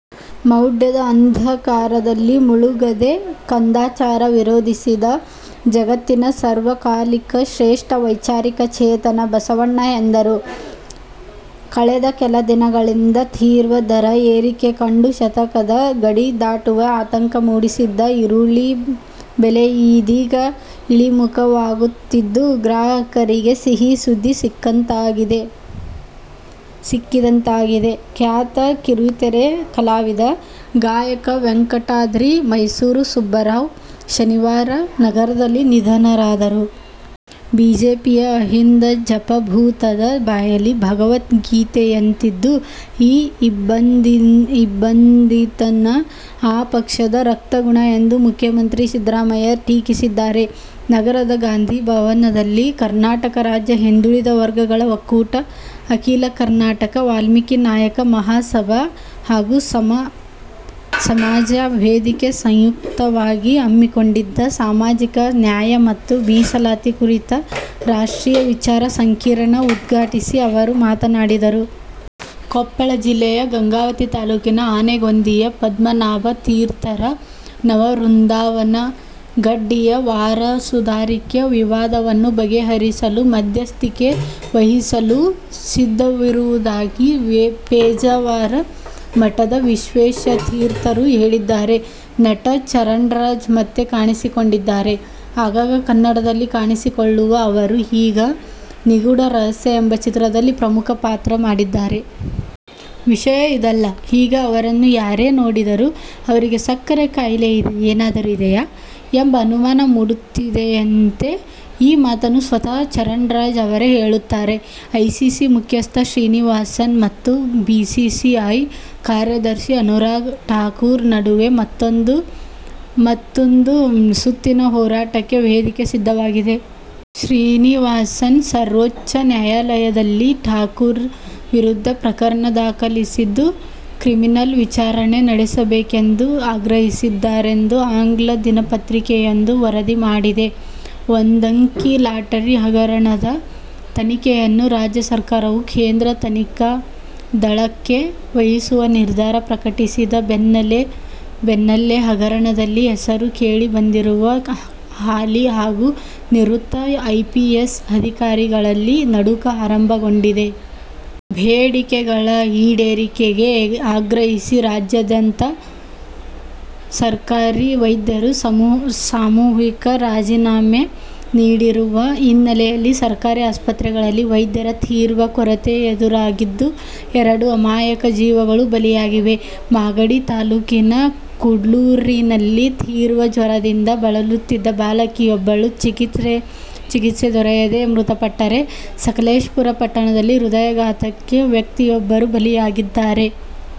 ಮೌಡ್ಯದ ಅಂಧಕಾರದಲ್ಲಿ ಮುಳುಗದೆ ಕಂದಾಚಾರ ವಿರೋಧಿಸಿದ ಜಗತ್ತಿನ ಸರ್ವಕಾಲಿಕ ಶ್ರೇಷ್ಠ ವೈಚಾರಿಕ ಚೇತನ ಬಸವಣ್ಣ ಎಂದರು. ಕಳೆದ ಕೆಲ ದಿನಗಳಿಂದ ತೀವ್ರ ದರ ಏರಿಕೆ ಕಂಡು ಶತಕದ ಗಡಿ ದಾಟುವ ಆತಂಕ ಮೂಡಿಸಿದ್ದ ಈರುಳ್ಳಿ ಬೆಲೆ ಇದೀಗ ಇಳಿಮುಖವಾಗುತ್ತಿದ್ದು, ಗ್ರಾಹಕರಿಗೆ ಸಿಹಿ ಸುದ್ದಿ ಸಿಕ್ಕಿದಂತಾಗಿದೆ. ಖ್ಯಾತ ಕಿರುತೆರೆ ಕಲಾವಿದ, ಗಾಯಕ ವೆಂಕಟಾದ್ರಿ ಮೈಸೂರು ಸುಬ್ಬರಾವ್ ಶನಿವಾರ ನಗರದಲ್ಲಿ ನಿಧನರಾದರು. ಬಿಜೆಪಿಯ ಅಹಿಂದ ಜಪ ಭೂತದ ಬಾಯಲ್ಲಿ ಭಗವದ್ಗೀತೆಯಂತಿದ್ದು, ಈ ಇಬ್ಬಂದಿತನ ಆ ಪಕ್ಷದ ರಕ್ತಗುಣ ಎಂದು ಮುಖ್ಯಮಂತ್ರಿ ಸಿದ್ದರಾಮಯ್ಯ ಟೀಕಿಸಿದ್ದಾರೆ. ನಗರದ ಗಾಂಧಿ ಭವನದಲ್ಲಿ ಕರ್ನಾಟಕ ರಾಜ್ಯ ಹಿಂದುಳಿದ ವರ್ಗಗಳ ಒಕ್ಕೂಟ, ಅಖೀಲ ಕರ್ನಾಟಕ ವಾಲ್ಮೀಕಿ ನಾಯಕ ಮಹಾಸಭಾ ಹಾಗೂ ಸಮ ಸಮಾಜ ವೇದಿಕೆ ಸಂಯುಕ್ತವಾಗಿ ಹಮ್ಮಿಕೊಂಡಿದ್ದ "ಸಾಮಾಜಿಕ ನ್ಯಾಯ ಮತ್ತು ಮೀಸಲಾತಿ' ಕುರಿತ ರಾಷ್ಟ್ರೀಯ ವಿಚಾರ ಸಂಕಿರಣ ಉದ್ಘಾಟಿಸಿ ಅವರು ಮಾತನಾಡಿದರು. ಕೊಪ್ಪಳ ಜಿಲ್ಲೆಯ ಗಂಗಾವತಿ ತಾಲೂಕಿನ ಆನೆಗೊಂದಿಯ ಪದ್ಮನಾಭ ತೀರ್ಥರ ನವವೃಂದಾವನ ಗಡ್ಡಿಯ ವಾರಸುದಾರಿಕೆ ವಿವಾದವನ್ನು ಬಗೆಹರಿಸಲು ಮಧ್ಯಸ್ಥಿಕೆ ವಹಿಸಲು ಸಿದ್ಧವಿರುವುದಾಗಿ ಪೇಜಾವರ ಮಠದ ವಿಶ್ವೇಶತೀರ್ಥರು ಹೇಳಿದ್ದಾರೆ. ನಟ ಚರಣ್ರಾಜ್ ಮತ್ತೆ ಕಾಣಿಸಿಕೊಂಡಿದ್ದಾರೆ. ಆಗಾಗ ಕನ್ನಡದಲ್ಲಿ ಕಾಣಿಸಿಕೊಳ್ಳುವ ಅವರು, ಈಗ "ನಿಗೂಢ ರಹಸ್ಯ ಎಂಬ ಚಿತ್ರದಲ್ಲಿ ಪ್ರಮುಖ ಪಾತ್ರ ಮಾಡಿದ್ದಾರೆ. ವಿಷಯ ಇದಲ್ಲ, ಈಗ ಅವರನ್ನು ಯಾರೇ ನೋಡಿದರೂ, ಅವರಿಗೆ ಸಕ್ಕರೆ ಖಾಯಿಲೆ ಏನಾದರೂ ಇದೆಯಾ? ಎಂಬ ಅನುಮಾನ ಮೂಡುತ್ತಿದೆಯಂತೆ. ಈ ಮಾತನ್ನು ಸ್ವತಃ ಚರಣ್ರಾಜ್ ಅವರೇ ಹೇಳುತ್ತಾರೆ. ಐಸಿಸಿ ಮುಖ್ಯಸ್ಥ ಶ್ರೀನಿವಾಸನ್ ಮತ್ತು ಬಿಸಿಸಿಐ ಕಾರ್ಯದರ್ಶಿ ಅನುರಾಗ್ ಠಾಕೂರ್ ನಡುವೆ ಮತ್ತೂಂದು ಸುತ್ತಿನ ಹೋರಾಟಕ್ಕೆ ವೇದಿಕೆ ಸಿದ್ಧವಾಗಿದೆ. ಶ್ರೀನಿವಾಸನ್ ಸರ್ವೋಚ್ಚ ನ್ಯಾಯಾಲಯದಲ್ಲಿ ಠಾಕೂರ್ ವಿರುದ್ಧ ಪ್ರಕರಣ ದಾಖಲಿಸಿದ್ದು, ಕ್ರಿಮಿನಲ್ ವಿಚಾರಣೆ ನಡೆಸಬೇಕೆಂದು ಆಗ್ರಹಿಸಿದ್ದಾರೆಂದು ಆಂಗ್ಲ ದಿನಪತ್ರಿಕೆಯೊಂದು ವರದಿ ಮಾಡಿದೆ. ಒಂದಂಕಿ ಲಾಟರಿ ಹಗರಣದ ತನಿಖೆಯನ್ನು ರಾಜ್ಯ ಸರ್ಕಾರವು ಕೇಂದ್ರ ತನಿಖಾ ದಳ ಕ್ಕೆ ವಹಿಸುವ ನಿರ್ಧಾರ ಪ್ರಕಟಿಸಿದ ಬೆನ್ನಲ್ಲೇ ಹಗರಣದಲ್ಲಿ ಹೆಸರು ಕೇಳಿ ಬಂದಿರುವ ಹಾಲಿ ಹಾಗೂ ನಿವೃತ್ತ ಐಪಿಎಸ್ ಅಧಿಕಾರಿಗಳಲ್ಲಿ ನಡುಕ ಆರಂಭಗೊಂಡಿದೆ. ಬೇಡಿಕೆಗಳ ಈಡೇರಿಕೆಗೆ ಆಗ್ರಹಿಸಿ ರಾಜ್ಯಾದ್ಯಂತ ಸರ್ಕಾರಿ ವೈದ್ಯರು ಸಾಮೂಹಿಕ ರಾಜೀನಾಮೆ ನೀಡಿರುವ ಹಿನ್ನೆಲೆಯಲ್ಲಿ ಸರ್ಕಾರಿ ಆಸ್ಪತ್ರೆಗಳಲ್ಲಿ ವೈದ್ಯರ ತೀವ್ರ ಕೊರತೆ ಎದುರಾಗಿದ್ದು, ಎರಡು ಅಮಾಯಕ ಜೀವಗಳು ಬಲಿಯಾಗಿವೆ. ಮಾಗಡಿ ತಾಲೂಕಿನ ಕುಡ್ಲೂರಿನಲ್ಲಿ ತೀವ್ರ ಜ್ವರದಿಂದ ಬಳಲುತ್ತಿದ್ದ ಬಾಲಕಿಯೊಬ್ಬಳು ಚಿಕಿತ್ಸೆ ದೊರೆಯದೆ ಮೃತಪಟ್ಟರೆ, ಸಕಲೇಶಪುರ ಪಟ್ಟಣದಲ್ಲಿ ಹೃದಯಾಘಾತಕ್ಕೆ ವ್ಯಕ್ತಿಯೊಬ್ಬರು ಬಲಿಯಾಗಿದ್ದಾರೆ.